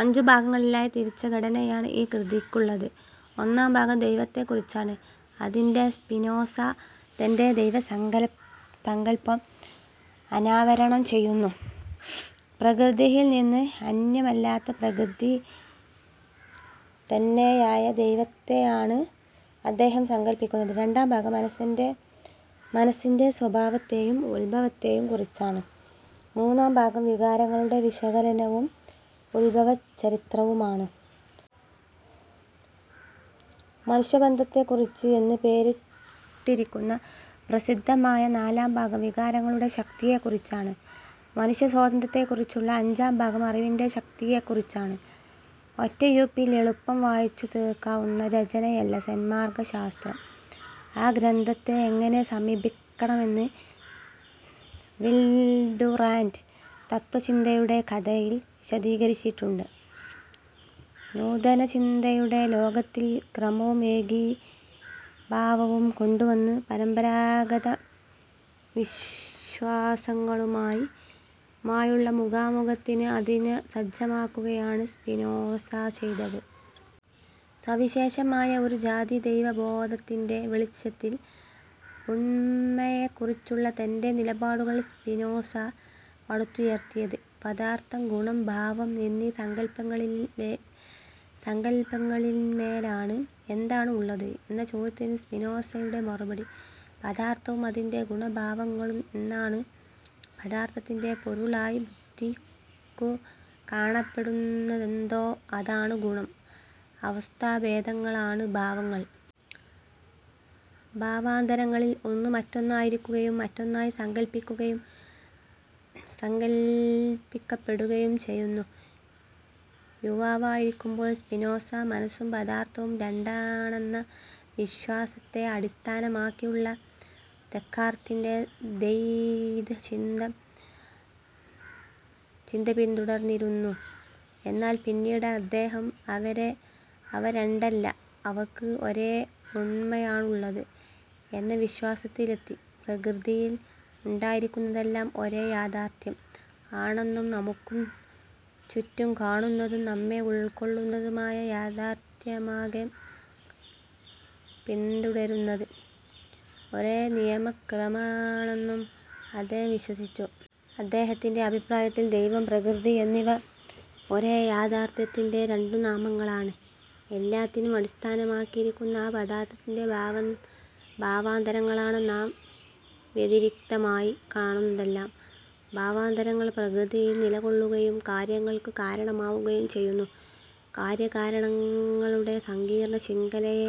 അഞ്ചു ഭാഗങ്ങളായി തിരിച്ച ഘടനയാണ് ഈ കൃതിക്കുള്ളത്. ഒന്നാം ഭാഗം ദൈവത്തെക്കുറിച്ചാണ്. അതിൽ സ്പിനോസ തന്റെ ദൈവസങ്കല്പം അനാവരണം ചെയ്യുന്നു. പ്രകൃതിയിൽ നിന്ന് അന്യമല്ലാത്ത, പ്രകൃതിതന്നെയായ ദൈവത്തെയാണ് അദ്ദേഹം സങ്കല്പിക്കുന്നത്. രണ്ടാം ഭാഗം മനസ്സിന്റെ സ്വഭാവത്തെയും ഉത്ഭവത്തേയും കുറിച്ചാണ്. മൂന്നാം ഭാഗം, വികാരങ്ങളുടെ വിശകലനവും ഉത്ഭവചരിത്രവുമാണ്. മനുഷ്യബന്ധനത്തെക്കുറിച്ച് എന്ന് പേരിട്ടിരിക്കുന്ന പ്രസിദ്ധമായ നാലാം ഭാഗം, വികാരങ്ങളുടെ ശക്തിയെക്കുറിച്ചാണ്. മനുഷ്യസ്വാതന്ത്ര്യത്തെക്കുറിച്ചുള്ള അഞ്ചാംഭാഗം അറിവിന്റെ ശക്തിയെക്കുറിച്ചാണ്. ഒറ്റയിരുപ്പിൽ എളുപ്പം വായിച്ചുതീർക്കാവുന്ന രചനയല്ല സന്മാർഗശാസ്ത്രം. ആ ഗ്രന്ഥത്തെ എങ്ങനെ സമീപിക്കണമെന്ന് വിൽ ഡുറാന്റ് "തത്ത്വചിന്തയുടെ കഥ"-യിൽ വിശദീകരിച്ചിട്ടുണ്ട്:- നൂതനചിന്തയുടെ ലോകത്തിൽ ക്രമവും ഏകീഭാവവും കൊണ്ടുവന്ന്, പരമ്പരാഗതവിശ്വാസങ്ങളുമായുള്ള മുഖാമുഖത്തിന് അതിനെ സജ്ജമാക്കുകയാണ് സ്പിനോസ ചെയ്തത്. സവിശേഷമായ ഒരുജാതി ദൈവാവബോധത്തിന്റെ വെളിച്ചത്തിൽ ഉണ്മയെക്കുറിച്ചുള്ള തന്റെ നിലപാടുകൾ സ്പിനോസ പടുത്തുയർത്തിയത്, പദാർഥം, ഗുണം, ഭാവം എന്നീ സങ്കല്പങ്ങളിന്മേലാണ്. "എന്താണ് ഉള്ളത്? " എന്ന ചോദ്യത്തിന് സ്പിനോസയുടെ മറുപടി, "പദാർഥവും, അതിന്റെ ഗുണ-ഭാവങ്ങളും" എന്നാണ്. പദാർഥത്തിന്റെ പൊരുളായി ബുദ്ധിക്കു കാണപ്പെടുന്നതെന്തോ, അതാണ് ഗുണം. അവസ്ഥാഭേദങ്ങളാണ് ഭാവങ്ങൾ. ഭാവാന്തരങ്ങളിൽ ഒന്ന് മറ്റൊന്നായിരിക്കുകയും മറ്റൊന്നായി സങ്കല്പിക്കപ്പെടുകയും ചെയ്യുന്നു. യുവാവായിരിക്കുമ്പോൾ സ്പിനോസ, മനസ്സും പദാർഥവും രണ്ടാണെന്ന വിശ്വാസത്തെ അടിസ്ഥാനമാക്കിയുള്ള ദെക്കാർത്തിന്റെ ദ്വൈതചിന്ത പിന്തുടർന്നിരുന്നു. എന്നാൽ പിന്നീടദ്ദേഹം, അവ രണ്ടല്ല അവക്ക് ഒരേ ഉണ്മയാണുള്ളത് എന്ന വിശ്വാസത്തിലെത്തി. പ്രകൃതിയിൽ ഉണ്ടായിരിക്കുന്നതെല്ലാം ഒരേ യാഥാർഥ്യം ആണെന്നും നമുക്കും ചുറ്റും കാണുന്നതും നമ്മെ ഉൾക്കൊള്ളുന്നതുമായ യാഥാർഥ്യമാകെ പിന്തുടരുന്നത് ഒരേനിയമക്രമമാണെന്നും അദ്ദേഹം വിശ്വസിച്ചു. അദ്ദേഹത്തിന്റെ അഭിപ്രായത്തിൽ ദൈവം, പ്രകൃതി എന്നിവ ഒരേ യാഥാർഥ്യത്തിന്റെ രണ്ടുനാമങ്ങളാണ്. എല്ലാത്തിനും അടിസ്ഥാനമായിരിക്കുന്ന ആ പദാർഥത്തിന്റെ ഭാവാന്തരങ്ങളാണ് നാം വ്യതിരിക്തമായി കാണുന്നതെല്ലാം. ഭാവാന്തരങ്ങൾ പ്രകൃതിയിൽ നിലകൊള്ളുകയും കാര്യങ്ങൾക്ക് കാരണമാവുകയും ചെയ്യുന്നു. കാര്യ-കാരണങ്ങളുടെ സങ്കീർണ്ണശൃഖലയെ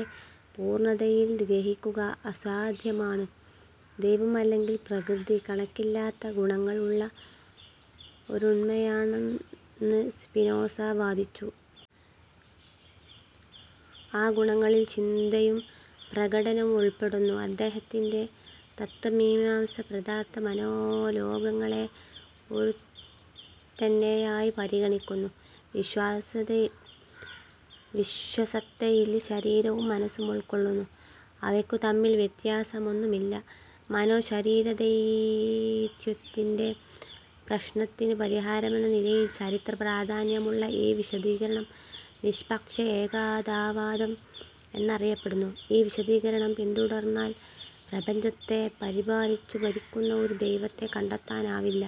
പൂർണ്ണതയിൽ ഗ്രഹിക്കുക അസാധ്യമാണ്. ദൈവം അല്ലെങ്കിൽ പ്രകൃതി, കണക്കില്ലാത്ത ഗുണങ്ങൾ ഉള്ള ഒരുണ്മയാണെന്ന് സ്പിനോസ വാദിച്ചു. ആ ഗുണങ്ങളിൽ ചിന്തയും പ്രകടനവും ഉൾപ്പെടുന്നു. അദ്ദേഹത്തിന്റെ തത്ത്വമീമാംസ പദാർഥ-മനോലോകങ്ങളെ ഒന്നുതന്നെയായി പരിഗണിക്കുന്നു. വിശ്വസത്തയിൽ ശരീരവും മനസ്സും ഉൾക്കൊള്ളുന്നു. അവയ്ക്കുതമ്മിൽ വ്യത്യാസമൊന്നുമില്ല. മനോ-ശരീരദ്വൈതത്തിന്റെ പ്രശ്നത്തിന് പരിഹാരമെന്ന നിലയിൽ ചരിത്രപ്രാധാന്യമുള്ള ഈ വിശദീകരണം നിഷ്പക്ഷ-ഏകതാവാദം എന്നറിയപ്പെടുന്നു. ഈ വിശദീകരണം പിന്തുടർന്നാൽ പ്രപഞ്ചത്തെ പരിപാലിച്ചു ഭരിക്കുന്ന ഒരു ദൈവത്തെ കണ്ടെത്താനാവില്ല.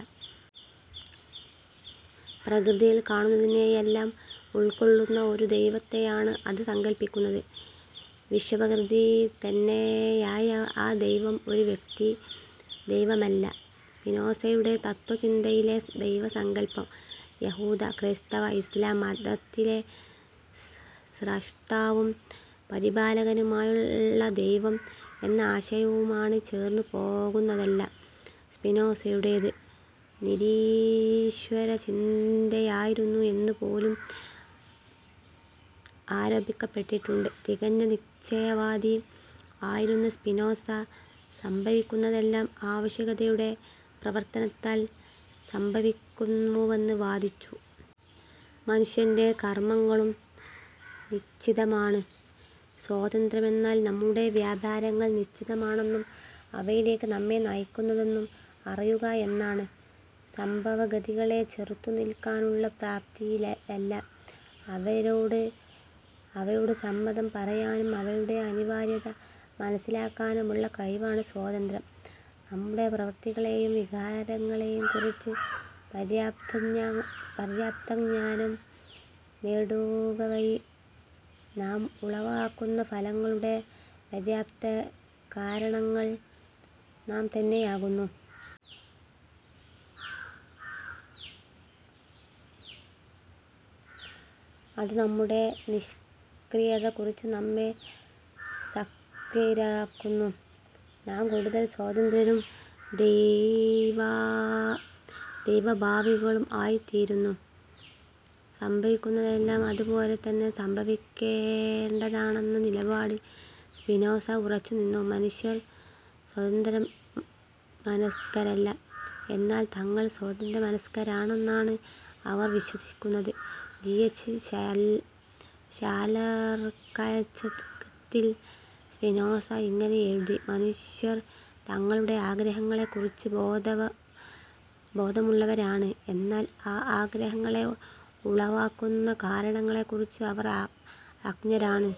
പ്രകൃതിയിൽ കാണുന്നതിനെയെല്ലാം ഉൾക്കൊള്ളുന്ന, ഒരു ദൈവത്തെയാണ് അത് സങ്കല്പിക്കുന്നത്. വിശ്വപ്രകൃതിതന്നെയായ ആ ദൈവം ഒരു വ്യക്തിദൈവമല്ല. സ്പിനോസയുടെ തത്ത്വചിന്തയിലെ ദൈവസങ്കല്പം യഹൂദ-ക്രൈസ്തവ-ഇസ്ലാം മതങ്ങളിലെ സ്രഷ്ടാവും പരിപാലകനുമായുള്ള ദൈവം എന്ന ആശയവുമായി ചേർന്നുപോകുന്നതല്ല. സ്പിനോസയുടേത് നിരീശ്വരചിന്തയായിരുന്നു എന്നുപോലും ആരോപിക്കപ്പെട്ടിട്ടുണ്ട്. തികഞ്ഞ നിശ്ചയവാദി ആയിരുന്ന സ്പിനോസ, സംഭവിക്കുന്നതെല്ലാം ആവശ്യകതയുടെ പ്രവർത്തനത്താൽ സംഭവിക്കുന്നുവെന്ന് വാദിച്ചു. മനുഷ്യന്റെ കർമ്മങ്ങളും നിശ്ചിതമാണ്. സ്വാതന്ത്ര്യമെന്നാൽ, നമ്മുടെ വ്യാപാരങ്ങൾ നിശ്ചിതമാണെന്നും, അവയിലെക്ക് നമ്മെ നയിക്കുന്നതെന്തെന്നും അറിയുക എന്നാണ്. സംഭവഗതികളെ ചെറുത്തുനിൽക്കാനുള്ള പ്രാപ്തിയല്ല, അവയോട് സമ്മതം പറയാനും അവയുടെ അനിവാര്യത മനസ്സിലാക്കാനുമുള്ള കഴിവാണ് സ്വാതന്ത്ര്യം. നമ്മുടെ പ്രവർത്തികളെയും വികാരങ്ങളേയും കുറിച്ച് പര്യാപ്തജ്ഞാനം നേടുകവഴി നാം ഉളവാക്കുന്ന ഫലങ്ങളുടെ പര്യാപ്തകാരണങ്ങൾ നാം തന്നെയാകുന്നു. അത് നമ്മുടെ നിഷ്ക്രിയത കുറച്ച് നമ്മെ സക്രിയരാക്കുന്നു. നാം കൂടുതൽ സ്വതന്ത്രരും ദൈവഭാവികളും ആയിത്തീരുന്നു. സംഭവിക്കുന്നതെല്ലാം അത് പോലെ തന്നെ സംഭവിക്കേണ്ടതാണെന്ന നിലപാടിൽ സ്പിനോസ ഉറച്ചുനിന്നു. മനുഷ്യർ സ്വതന്ത്രമനസ്കരല്ല. എന്നാൽ തങ്ങൾ സ്വതന്ത്രമനസ്കരാണെന്നാണ് അവർ വിശ്വസിക്കുന്നത്. ജി. എച്ച് ഷാല്ലർക്കയച്ച കത്തിൽ, സ്പിനോസ ഇങ്ങനെ എഴുതി: "മനുഷ്യർ തങ്ങളുടെ ആഗ്രഹങ്ങളെക്കുറിച്ച് ബോധമുള്ളവരാണ്; എന്നാൽ ആ ആഗ്രഹങ്ങളെ ഉളവാക്കുന്ന കാരണങ്ങളെക്കുറിച്ച് അവർ അജ്ഞരാണ്.